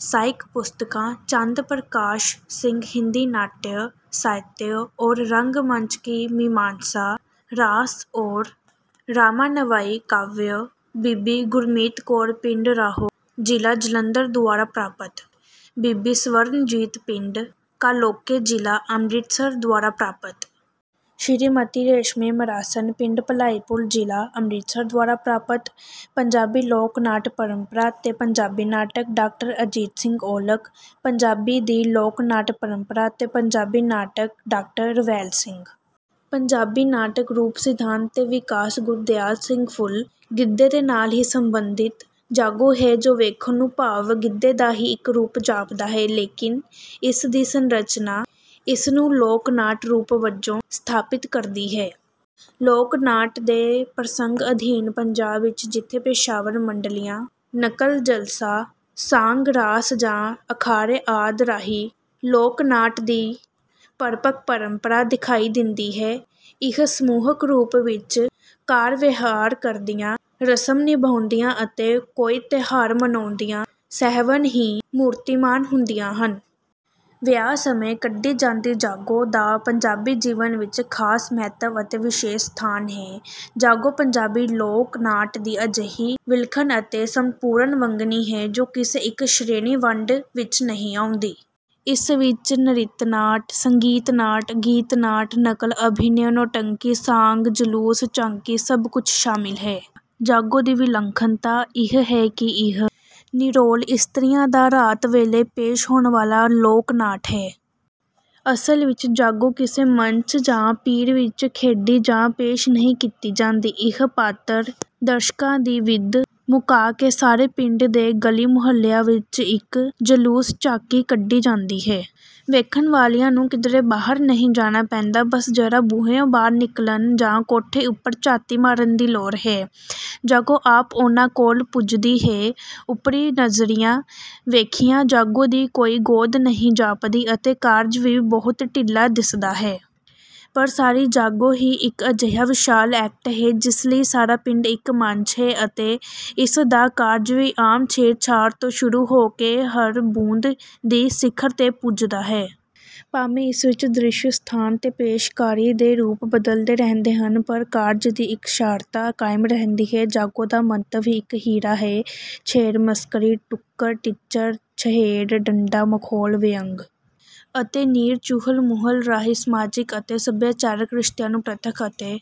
ਸਹਾਇਕ ਪੁਸਤਕਾਂ: ਚੰਦ ਪ੍ਰਕਾਸ਼ ਸਿੰਘ ਹਿੰਦੀ ਨਾਟਯ ਸਾਹਿਤਯ ਔਰ ਰੰਗ-ਮੰਚ ਕੀ ਮੀਮਾਂਸਾ। ਰਾਸ ਔਰ ਰਾਮਾਨਵਯੀ ਕਾਵਯ। ਬੀਬੀ ਗੁਰਮੀਤ ਕੌਰ, ਪਿੰਡ ਰਾਹੋਂ ਜ਼ਿਲ੍ਹਾ ਜਲੰਧਰ ਦੁਆਰਾ ਪ੍ਰਾਪਤ। ਬੀਬੀ ਸਵਰਨਜੀਤ, ਪਿੰਡ ਕਾਲੋਕੇ ਜ਼ਿਲ੍ਹਾ ਅੰਮ੍ਰਿਤਸਰ ਦੁਆਰਾ ਪ੍ਰਾਪਤ। ਸ੍ਰੀਮਤੀ ਰੇਸ਼ਮੇ ਮਰਾਸਣ, ਪਿੰਡ ਭਲਾਈਪੁਰ, ਜ਼ਿਲ੍ਹਾ ਅੰਮ੍ਰਿਤਸਰ ਦੁਆਰਾ ਪ੍ਰਾਪਤ। ਪੰਜਾਬੀ ਲੋਕ ਨਾਟ ਪਰੰਪਰਾ ਤੇ ਪੰਜਾਬੀ ਨਾਟਕ – ਡਾਕਟਰ ਅਜੀਤ ਸਿੰਘ ਔਲਖ। ਪੰਜਾਬੀ ਦੀ ਲੋਕ ਨਾਟ ਪਰੰਪਰਾ ਤੇ ਪੰਜਾਬੀ ਨਾਟਕ – ਡਾਕਟਰ ਰਵੇਲ ਸਿੰਘ। ਪੰਜਾਬੀ ਨਾਟਕ ਰੂਪ, ਸਿਧਾਂਤ ਤੇ ਵਿਕਾਸ – ਗੁਰਦਿਆਲ ਸਿੰਘ ਫੁੱਲ। ਗਿੱਧੇ ਦੇ ਨਾਲ ਹੀ ਸੰਬੰਧਿਤ 'ਜਾਗੋ' ਹੈ ਜੋ ਵੇਖਣ ਨੂੰ ਭਾਵ ਗਿੱਧੇ ਦਾ ਹੀ ਇੱਕ ਰੂਪ ਜਾਪਦਾ ਹੈ, ਲੇਕਿਨ ਇਸ ਦੀ ਸੰਰਚਨਾ ਇਸ ਨੂੰ ਲੋਕ ਨਾਟ ਰੂਪ ਵਜੋਂ ਸਥਾਪਿਤ ਕਰਦੀ ਹੈ। ਲੋਕ ਨਾਟ ਦੇ ਪ੍ਰਸੰਗ ਅਧੀਨ ਪੰਜਾਬ ਵਿੱਚ ਜਿੱਥੇ ਪੇਸ਼ਾਵਰ ਮੰਡਲੀਆਂ ਨਕਲ, ਜਲਸਾ, ਸਾਂਗ, ਰਾਸ ਜਾਂ ਅਖਾੜੇ ਆਦਿ ਰਾਹੀਂ ਲੋਕ ਨਾਟ ਦੀ ਪਰਪੱਕ ਪਰੰਪਰਾ ਦਿਖਾਈ ਦਿੰਦੀ ਹੈ। ਇਹ ਸਮੂਹਕ ਰੂਪ ਵਿੱਚ ਕਾਰ-ਵਿਹਾਰ ਕਰਦਿਆਂ, ਰਸਮ ਨਿਭਾਉਂਦਿਆਂ ਅਤੇ ਕੋਈ ਤਿਉਹਾਰ ਮਨਾਉਂਦਿਆਂ ਸਹਿਵਨ ਹੀ ਮੂਰਤੀਮਾਨ ਹੁੰਦੀਆਂ ਹਨ। ਵਿਆਹ ਸਮੇਂ ਕੱਢੀ ਜਾਂਦੀ ਜਾਗੋ ਦਾ ਪੰਜਾਬੀ ਜੀਵਨ ਵਿੱਚ ਖ਼ਾਸ ਮਹੱਤਵ ਅਤੇ ਵਿਸ਼ੇਸ਼ ਸਥਾਨ ਹੈ। ਜਾਗੋ ਪੰਜਾਬੀ ਲੋਕ ਨਾਟ ਦੀ ਅਜਿਹੀ ਵਿਲੱਖਣ ਅਤੇ ਸੰਪੂਰਨ ਵੰਨਗੀ ਹੈ, ਜੋ ਕਿਸੇ ਇੱਕ ਸ਼੍ਰੇਣੀ-ਵੰਡ ਵਿੱਚ ਨਹੀਂ ਆਉਂਦੀ। ਇਸ ਵਿੱਚ ਨ੍ਰਿਤ ਨਾਟ, ਸੰਗੀਤ ਨਾਟ, ਗੀਤ ਨਾਟ, ਨਕਲ, ਅਭਿਨਯ, ਨੌਟੰਕੀ, ਸਾਂਗ, ਜਲੂਸ, ਝਾਕੀ ਸਭ ਕੁੱਝ ਸ਼ਾਮਿਲ ਹੈ। ਜਾਗੋ ਦੀ ਵਿਲੱਖਣਤਾ ਇਹ ਹੈ ਕਿ ਇਹ ਨਿਰੋਲ ਇਸਤਰੀਆਂ ਦਾ ਰਾਤ ਵੇਲੇ ਪੇਸ਼ ਹੋਣ ਵਾਲਾ ਲੋਕ ਨਾਟ ਹੈ। ਅਸਲ ਵਿੱਚ ਜਾਗੋ ਕਿਸੇ ਮੰਚ ਜਾਂ ਪਿੜ ਵਿੱਚ ਖੇਡੀ ਜਾਂ ਪੇਸ਼ ਨਹੀਂ ਕੀਤੀ ਜਾਂਦੀ। ਇਹ ਪਾਤਰ ਦਰਸ਼ਕਾਂ ਦੀ ਵਿੱਥ ਮੁਕਾ ਕੇ ਸਾਰੇ ਪਿੰਡ ਦੇ ਗਲੀ ਮੁਹੱਲਿਆਂ ਵਿੱਚ ਇੱਕ ਜਲੂਸ, ਝਾਕੀ ਕੱਢੀ ਜਾਂਦੀ ਹੈ। ਵੇਖਣ ਵਾਲਿਆਂ ਨੂੰ ਕਿਧਰੇ ਬਾਹਰ ਨਹੀਂ ਜਾਣਾ ਪੈਂਦਾ। ਬਸ ਜ਼ਰਾ ਬੂਹਿਓਂ ਬਾਹਰ ਨਿਕਲਣ ਜਾਂ ਕੋਠੇ ਉੱਪਰੋਂ ਝਾਤੀ ਮਾਰਨ ਦੀ ਲੋੜ ਹੈ। ਜਾਗੋ ਆਪ ਉਹਨਾਂ ਕੋਲ ਪੱਜਦੀ ਹੈ। ਓਪਰੀ ਨਜ਼ਰਿਆਂ ਵੇਖਿਆ ਜਾਗੋ ਦੀ ਕੋਈ ਗੋਂਦ ਨਹੀਂ ਜਾਪਦੀ ਅਤੇ ਕਾਰਜ ਵੀ ਬਹੁਤ ਢਿੱਲਾ ਦਿਸਦਾ ਹੈ। ਪਰ ਸਾਰੀ ਜਾਗੋ ਹੀ ਇੱਕ ਅਜਿਹਾ ਵਿਸ਼ਾਲ ਐਕਟ ਹੈ ਜਿਸ ਲਈ ਸਾਰਾ ਪਿੰਡ ਇੱਕ ਮੰਚ ਹੈ ਅਤੇ ਇਸ ਦਾ ਕਾਰਜ ਵੀ ਆਮ ਛੇੜ-ਛਾੜ ਤੋਂ ਸ਼ੁਰੂ ਹੋ ਕੇ ਹੜਦੁੰਬ ਦੀ ਸਿਖਰ ਤੇ ਪੁੱਜਦਾ ਹੈ। ਭਾਵੇਂ ਇਸ ਵਿੱਚ ਦ੍ਰਿਸ਼, ਸਥਾਨ ਤੇ ਪੇਸ਼ਕਾਰੀ ਦੇ ਰੂਪ ਬਦਲਦੇ ਰਹਿੰਦੇ ਹਨ ਪਰ ਕਾਰਜ ਦੀ ਇਕਸਾਰਤਾ ਕਾਇਮ ਰਹਿੰਦੀ ਹੈ। ਜਾਗੋ ਦਾ ਮੰਤਵ ਵੀ ਇਕਹਿਰਾ ਹੈ। ਛੇੜ, ਮਸ਼ਕਰੀ, ਟੋਕਰ, ਟਿੱਚਰ, ਚਹੇਡ, ਠੱਠਾ, ਮਖੌਲ, ਵਿਅੰਗ ਅਤੇ ਨਿਰ ਚੁਹਲ-ਮੁਹਲ ਰਾਹੀਂ ਸਮਾਜਿਕ ਅਤੇ ਸਭਿਆਚਾਰਕ ਰਿਸ਼ਤਿਆਂ ਨੂੰ ਪ੍ਰਤੱਖ ਅਤੇ